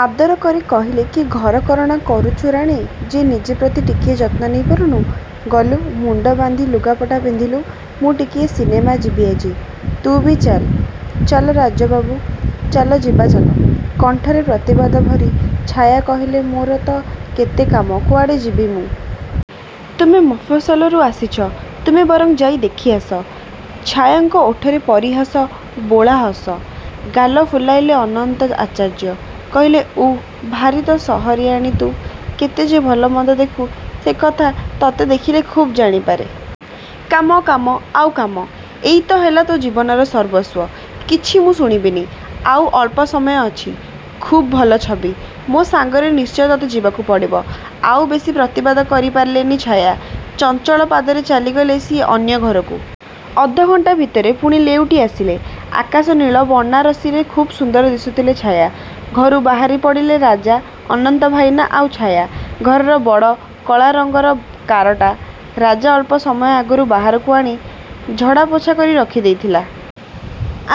ଆଦର କରି କହିଲେ କି ଘରକରଣା କରୁଛୁ ରାଣୀ ଯେ ନିଜ ପ୍ରତି ଟିକିଏ ଯତ୍ନ ନେଇ ପାରୁନୁ? ଗଲୁ, ମୁଣ୍ଡ ବାନ୍ଧି ଲୁଗାପଟା ପିନ୍ଧିଲୁ, ମୁଁ ଟିକିଏ ସିନେମା ଯିବି ଆଜି। ତୁ ବି ଚାଲ। ଚାଲ ରାଜାବାବୁ, ଚାଲ ଯିବା ଚାଲ। କଣ୍ଠରେ ପ୍ରତିବାଦ ଭରି ଛାୟା କହିଲେ ମୋର ତ କେତେ କାମ, କୁଆଡ଼େ ଯିବି ମୁଁ। ତୁମେ ମଫସଲରୁ ଆସିଛ, ତୁମେ ବରଂ ଯାଇ ଦେଖି ଆସ। ଛାୟାଙ୍କ ଓଠରେ ପରିହାସ ବୋଳା ହସ। ଗାଲ ଫୁଲାଇଲେ ଅନନ୍ତ ଆଚାର୍ଯ୍ୟ। କହିଲେ ଉଃ, ଭାରି ତ ସହରିଆଣୀ ତୁ। କେତେ ଯେ ଭଲମନ୍ଦ ଦେଖୁ ସେକଥା ତତେ ଦେଖିଲେ ଖୁବ୍ ଜାଣି ପାରେ। କାମ, କାମ, ଆଉ କାମ। ଏଇତ ହେଲା ତୋ ଜୀବନର ସର୍ବସ୍ୱ। କିଛି ମୁଁ ଶୁଣିବିନି। ଆଉ ଅଳ୍ପ ସମୟ ଅଛି। ଖୁବ୍ ଭଲ ଛବି। ମୋ ସାଙ୍ଗରେ ନିଶ୍ଚୟ ତତେ ଯିବାକୁ ପଡ଼ିବ। ଆଉ ବେଶୀ ପ୍ରତିବାଦ କରି ପାରିଲେନି ଛାୟା। ଚଞ୍ଚଳ ପାଦରେ ଚାଲିଗଲେ ସିଏ ଅନ୍ୟ ଘରକୁ। ଅଧ ଘଣ୍ଟା ଭିତରେ ପୁଣି ଲେଉଟି ଆସିଲେ। ଆକାଶ ନୀଳ ବନାରସୀରେ ଖୁବ୍ ସୁନ୍ଦର ଦିଶୁଥିଲେ ଛାୟା। ଘରୁ ବାହାରି ପଡ଼ିଲେ ରାଜା, ଅନନ୍ତ ଭାଇନା ଆଉ ଛାୟା। ଘରର ବଡ଼ କଳା ରଙ୍ଗର କାରଟା ରାଜା ଅଳ୍ପ ସମୟ ଆଗରୁ ବାହାରକୁ ଆଣି ଝଡ଼ାପୋଛା କରି ରଖି ଦେଇଥିଲା।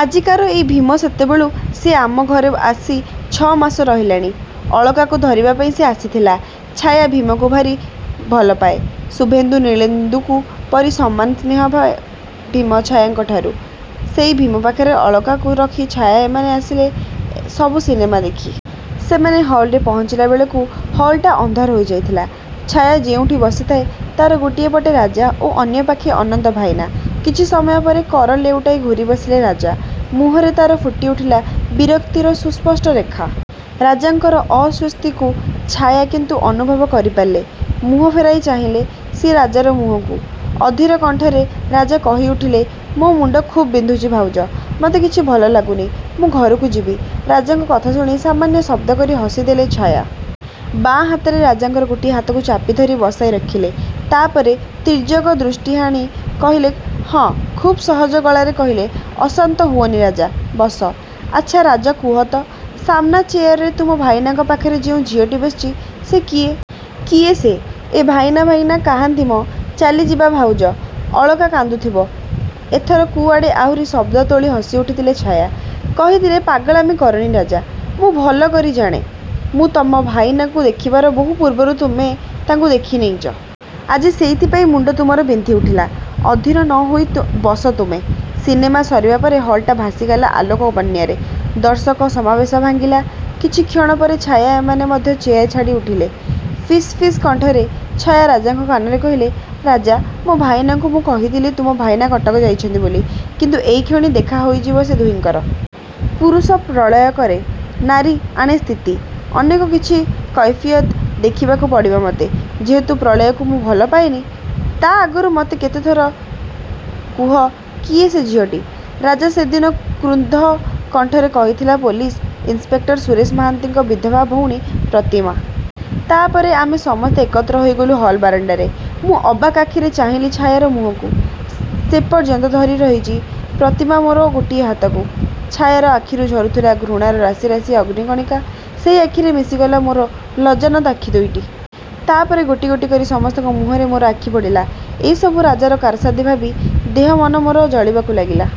ଆଜିକାର ଏଇ ଭୀମ ସେତେବେଳକୁ ସେ ଆମ ଘରେ ଆସି ଛ' ମାସ ରହିଲାଣି। ଅଳକାକୁ ଧରିବା ପାଇଁ ସେ ଆସିଥିଲା। ଛାୟା ଭୀମକୁ ଭାରି ଭଲ ପାଏ। ଶୁଭେନ୍ଦୁ ନୀଳେନ୍ଦୁଙ୍କ ପରି ସମାନ ସ୍ନେହ ପାଏ ଭୀମ ଛାୟାଙ୍କଠାରୁ। ସେଇ ଭୀମ ପାଖରେ ଅଳକାକୁ ରଖି ଛାୟା ଏମାନେ ଆସିଲେ ସବୁ ସିନେମା ଦେଖି। ସେମାନେ ହଲ୍‌ରେ ପହଞ୍ଚିଲା ବେଳକୁ ହଲ୍‌ଟା ଅନ୍ଧାର ହୋଇ ଯାଇଥିଲା। ଛାୟା ଯେଉଁଠି ବସିଥାଏ ତା'ର ଗୋଟିଏ ପଟେ ରାଜା ଓ ଅନ୍ୟ ପାଖେ ଅନନ୍ତ ଭାଇନା। କିଛି ସମୟ ପରେ କର ଲେଉଟାଇ ଘୂରି ବସିଲେ ରାଜା। ମୁହଁରେ ତା'ର ଫୁଟି ଉଠିଲା ବିରକ୍ତିର ସୁସ୍ପଷ୍ଟ ରେଖା। ରାଜାଙ୍କର ଅସ୍ୱସ୍ତିକୁ ଛାୟା କିନ୍ତୁ ଅନୁଭବ କରି ପାରିଲେ। ମୁହଁ ଫେରାଇ ଚାହିଁଲେ ସିଏ ରାଜାର ମୁହଁକୁ। ଅଧୀର କଣ୍ଠରେ ରାଜା କହି ଉଠିଲେ ମୋ ମୁଣ୍ଡ ଖୁବ୍ ବିନ୍ଧୁଛି ଭାଉଜ। ମତେ କିଛି ଭଲ ଲାଗୁନି। ମୁଁ ଘରକୁ ଯିବି। ରାଜାଙ୍କ କଥା ଶୁଣି ସାମାନ୍ୟ ଶବ୍ଦ କରି ହସି ଦେଲେ ଛାୟା। ବାଁ ହାତରେ ରାଜାଙ୍କର ଗୋଟିଏ ହାତକୁ ଚାପି ଧରି ବସାଇ ରଖିଲେ। ତା' ପରେ ତୀର୍ଯ୍ୟକ ଦୃଷ୍ଟି ହାଣି କହିଲେ ହଁ ଖୁବ୍ ସହଜ ଗଳାରେ କହିଲେ ଅଶାନ୍ତ ହୁଅନି ରାଜା, ବସ। ଆଚ୍ଛା ରାଜା କୁହ ତ, ସାମନା ଚେୟାରରେ ତୁମ ଭାଇନାଙ୍କ ପାଖରେ ଯେଉଁ ଝିଅଟି ବସିଛି ସେ କିଏ? କିଏ ସେ? ଏଁ, ଭାଇନା ଭାଇନା କାହାନ୍ତି ମ? ଚାଲିଯିବା ଭାଉଜ, ଅଳକା କାନ୍ଦୁଥିବ। ଏଥର କୁଆଡ଼େ ଆହୁରି ଶବ୍ଦ ତୋଳି ହସି ଉଠିଥିଲେ ଛାୟା। କହିଥିଲେ ପାଗଳାମି କରନି ରାଜା। ମୁଁ ଭଲ କରି ଜାଣେ, ମୁଁ ତୁମ ଭାଇନାଙ୍କୁ ଦେଖିବାର ବହୁ ପୂର୍ବରୁ ତୁମେ ତାଙ୍କୁ ଦେଖି ନେଇଛ। ଆଜି ସେଇଥିପାଇଁ ମୁଣ୍ଡ ତୁମର ବିନ୍ଧି ଉଠିଲା। ଅଧୀର ନ ହୋଇ ବସ ତୁମେ। ସିନେମା ସରିବା ପରେ ହଲ୍‌ଟା ଭାସିଗଲା ଆଲୋକ ବନ୍ୟାରେ। ଦର୍ଶକ ସମାବେଶ ଭାଙ୍ଗିଲା। କିଛି କ୍ଷଣ ପରେ ଛାୟା ଏମାନେ ମଧ୍ୟ ଚେୟାର ଛାଡ଼ି ଉଠିଲେ। ଫିସ୍ ଫିସ୍ କଣ୍ଠରେ ଛାୟା ରାଜାଙ୍କ କାନରେ କହିଲେ ରାଜା ମୋ ଭାଇନାଙ୍କୁ ମୁଁ କହିଥିଲି ତୁମ ଭାଇନା କଟକ ଯାଇଛନ୍ତି ବୋଲି, କିନ୍ତୁ ଏଇକ୍ଷଣି ଦେଖା ହୋଇଯିବ ସେ ଦୁହିଁଙ୍କର। ପୁରୁଷ ପ୍ରଳୟ କରେ, ନାରୀ ଆଣେ ସ୍ଥିତି। ଅନେକ କିଛି କୈଫିୟତ୍ ଦେଖିବାକୁ ପଡ଼ିବ ମତେ, ଯେହେତୁ ପ୍ରଳୟକୁ ମୁଁ ଭଲ ପାଏନି। ତା' ଆଗରୁ ମତେ ଥରେ କୁହ କିଏ ସେ ଝିଅଟି। ରାଜା ସେଦିନ କ୍ରୁଦ୍ଧ କଣ୍ଠରେ କହିଥିଲା ପୋଲିସ ଇନ୍‌ସପେକ୍ଟର ସୁରେଶ ମହାନ୍ତିଙ୍କ ବିଧବା ଭଉଣୀ ପ୍ରତିମା। ତା' ପରେ ଆମେ ସମସ୍ତେ ଏକତ୍ର ହୋଇଗଲୁ ହଲ୍ ବାରଣ୍ଡାରେ। ମୁଁ ଅବାକ୍ ଆଖିରେ ଚାହିଁଲି ଛାୟାର ମୁହଁକୁ। ସେପର୍ଯ୍ୟନ୍ତ ଧରି ରହିଛି ପ୍ରତିମା ମୋର ଗୋଟିଏ ହାତକୁ। ଛାୟାର ଆଖିରୁ ଝରୁଥିଲା ଘୃଣାର ରାଶି ରାଶି ଅଗ୍ନି କଣିକା। ସେଇ ଆଖିରେ ମିଶିଗଲା ମୋର ଲଜ୍ଜାନତ ଆଖି ଦୁଇଟି। ତା' ପରେ ଗୋଟି ଗୋଟି କରି ସମସ୍ତଙ୍କ ମୁହଁରେ ମୋର ଆଖି ପଡ଼ିଲା। ଏସବୁ ରାଜାର କାରସାଦି ଭାବି ଦେହ ମନ ମୋର ଜଳିବାକୁ ଲାଗିଲା।